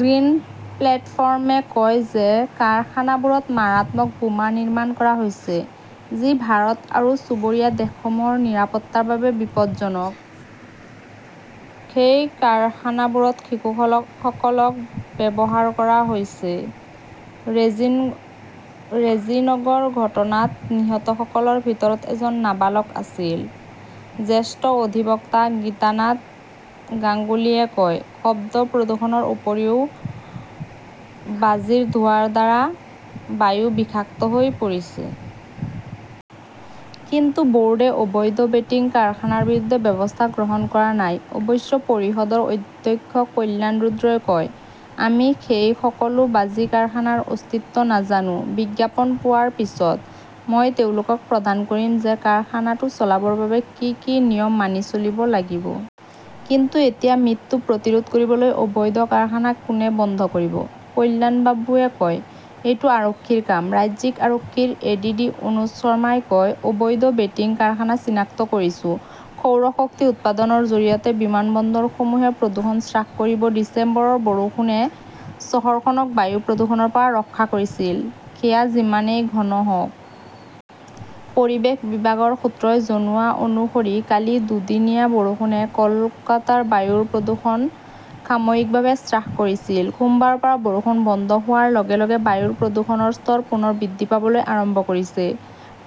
Green প্লেটফৰ্ম-এ কয় যে কাৰখানাবোৰত মাৰাত্মক বোমা নিৰ্মাণ কৰা হৈছে, যি ভাৰত আৰু চুবুৰীয়া দেশসমূহৰ নিৰাপত্তাৰ বাবে বিপদজনক। সেই কাৰখানাবোৰত শিশুসকলক ব্যৱহাৰ কৰা হৈছে। ৰেজিনগৰ ঘটনাত নিহতসকলৰ ভিতৰত এজন নাবালক আছিল। জ্যেষ্ঠ অধিবক্তা গীতানাথ গাংগুলীয়ে কয়, শব্দ প্ৰদূষণৰ উপৰিও বাজিৰ ধোঁৱাৰ দ্বাৰা বায়ু বিষাক্ত হৈ পৰিছে। কিন্তু বৰ্ডে অবৈধ বেটিং কাৰখানাৰ বিৰুদ্ধে ব্যৱস্থা গ্ৰহণ কৰা নাই। অৱশ্যে, পৰিষদৰ অধ্যক্ষ কল্যাণ ৰুদ্ৰই কয়, আমি সেই সকলো বাজি কাৰখানাৰ অস্তিত্ব নাজানো। বিজ্ঞাপন পোৱাৰ পিছত, মই তেওঁলোকক প্ৰদান কৰিম যে কাৰখানাটো চলাবৰ বাবে কি কি নিয়ম মানি চলিব লাগিব। কিন্তু এতিয়া মৃত্যু প্ৰতিৰোধ কৰিবলৈ অবৈধ কাৰখানা কোনে বন্ধ কৰিব? কল্যাণবাবুৱে কয়, এইটো আৰক্ষীৰ কাম। ৰাজ্যিক আৰক্ষীৰ এডিডি অনুজ শৰ্মাই কয়, অবৈধ বেটিং কাৰখানা চিনাক্ত কৰিছো। সৌৰ শক্তি উৎপাদনৰ জৰিয়তে বিমানবন্দৰসমূহে প্ৰদূষণ হ্ৰাস কৰিব ডিচেম্বৰৰ বৰষুণে চহৰখনক বায়ু প্ৰদূষণৰ পৰা ৰক্ষা কৰিছিল, সেয়া যিমানেই ঘন হওঁক। পৰিৱেশ বিভাগৰ সূত্ৰই জনোৱা অনুসৰি কালি দুদিনীয়া বৰষুণে কলকাতাৰ বায়ুৰ প্ৰদূষণ সাময়িকভাৱে হ্ৰাস কৰিছিল। সোমবাৰৰ পৰা বৰষুণ বন্ধ হোৱাৰ লগে-লগে বায়ুৰ প্ৰদূষণৰ স্তৰ পুনৰ বৃদ্ধি পাবলৈ আৰম্ভ কৰিছে।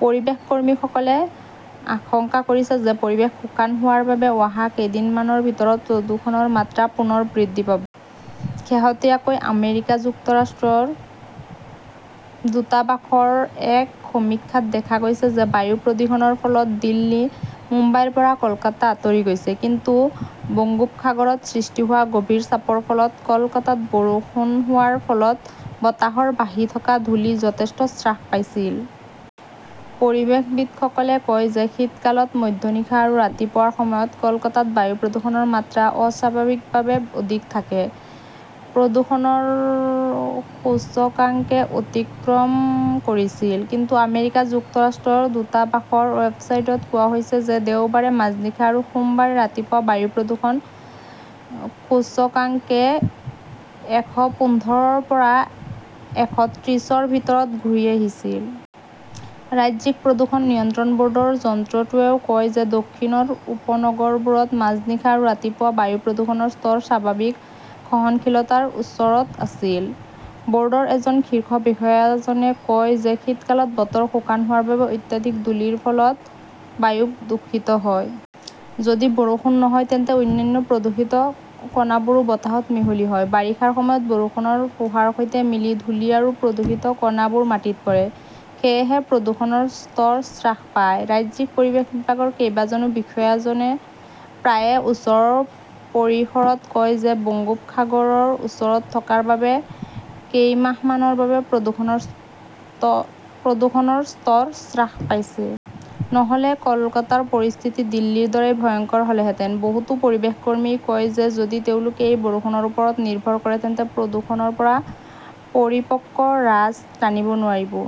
পৰিৱেশ কৰ্মীসকলে আশংকা কৰিছে যে পৰিৱেশ শুকান হোৱাৰ বাবে অহা কেইদিনমানৰ ভিতৰত প্ৰদূষণৰ মাত্ৰা পুনৰ বৃদ্ধি পাব। শেহতীয়াকৈ আমেৰিকা যুক্তৰাষ্ট্ৰৰ দূতাবাসৰ এক সমীক্ষাত দেখা গৈছে যে বায়ু প্ৰদূষণৰ ফলত দিল্লী, মুম্বাইৰ পৰা কলকাতা আঁতৰি গৈছে। কিন্তু বংগোপসাগৰত সৃষ্টি হোৱা গভীৰ চাপৰ ফলত কলকাতাত বৰষুণ হোৱাৰ ফলত বতাহৰ ভাহি থকা ধূলি যথেষ্ট হ্ৰাস পাইছিল। পৰিৱেশবিদসকলে কয় যে শীতকালত মধ্যনিশা আৰু ৰাতিপুৱাৰ সময়ত কলকাতাত বায়ু প্ৰদূষণৰ মাত্ৰা অস্বাভাৱিকভাৱে অধিক থাকে। প্ৰদূষণৰ সূচকাংকে অতিক্ৰম কৰিছিল। কিন্তু আমেৰিকা যুক্তৰাষ্ট্ৰৰ দূতাবাসৰ ৱেবছাইটত কোৱা হৈছে যে দেওবাৰে মাজনিশা আৰু সোমবাৰে ৰাতিপুৱা বায়ু প্ৰদূষণ সূচকাংকে এশপোন্ধৰ ৰ পৰা এশত্ৰিছ ৰ ভিতৰত ঘূৰি আহিছিল। ৰাজ্যিক প্ৰদূষণ নিয়ন্ত্ৰণ বৰ্ডৰ যন্ত্ৰটোৱেও কয় যে দক্ষিণৰ উপনগৰবোৰত মাজনিশা আৰু ৰাতিপুৱা বায়ু প্ৰদূষণৰ স্তৰ স্বাভাৱিক সহনশীলতাৰ ওচৰত আছিল। বৰ্ডৰ এজন শীৰ্ষ বিষয়াজনে কয় যে শীতকালত বতৰ শুকান হোৱাৰ বাবে অত্যাধিক ধূলিৰ ফলত বায়ু দূষিত হয়। যদি বৰষুণ নহয় তেন্তে অন্যান্য প্ৰদূষিত কণাবোৰো বতাহত মিহলি হয়। বাৰিষাৰ সময়ত বৰষুণৰ ফোঁহাৰ সৈতে মিলি ধূলি আৰু প্ৰদূষিত কণাবোৰ মাটিত পৰে। সেয়েহে প্ৰদূষণৰ স্তৰ হ্ৰাস পায়। ৰাজ্যিক পৰিৱেশ বিভাগৰ কেইবাজনো বিষয়াজনে প্ৰায়ে ওচৰৰ পৰিসৰত কয় যে বংগোপসাগৰৰ ওচৰত থকাৰ বাবে কেইমাহমানৰ বাবে প্ৰদূষণৰ স্তৰ হ্ৰাস পাইছে। নহলে কলকাতাৰ পৰিস্থিতি দিল্লীৰ দৰেই ভয়ংকৰ হলহেঁতেন। বহুতো পৰিৱেশ কৰ্মীই কয় যে যদি তেওঁলোকে এই বৰষুণৰ ওপৰত নিৰ্ভৰ কৰে তেন্তে প্ৰদূষণৰ পৰা পৰিপক্ক ৰাছ টানিব নোৱাৰিব।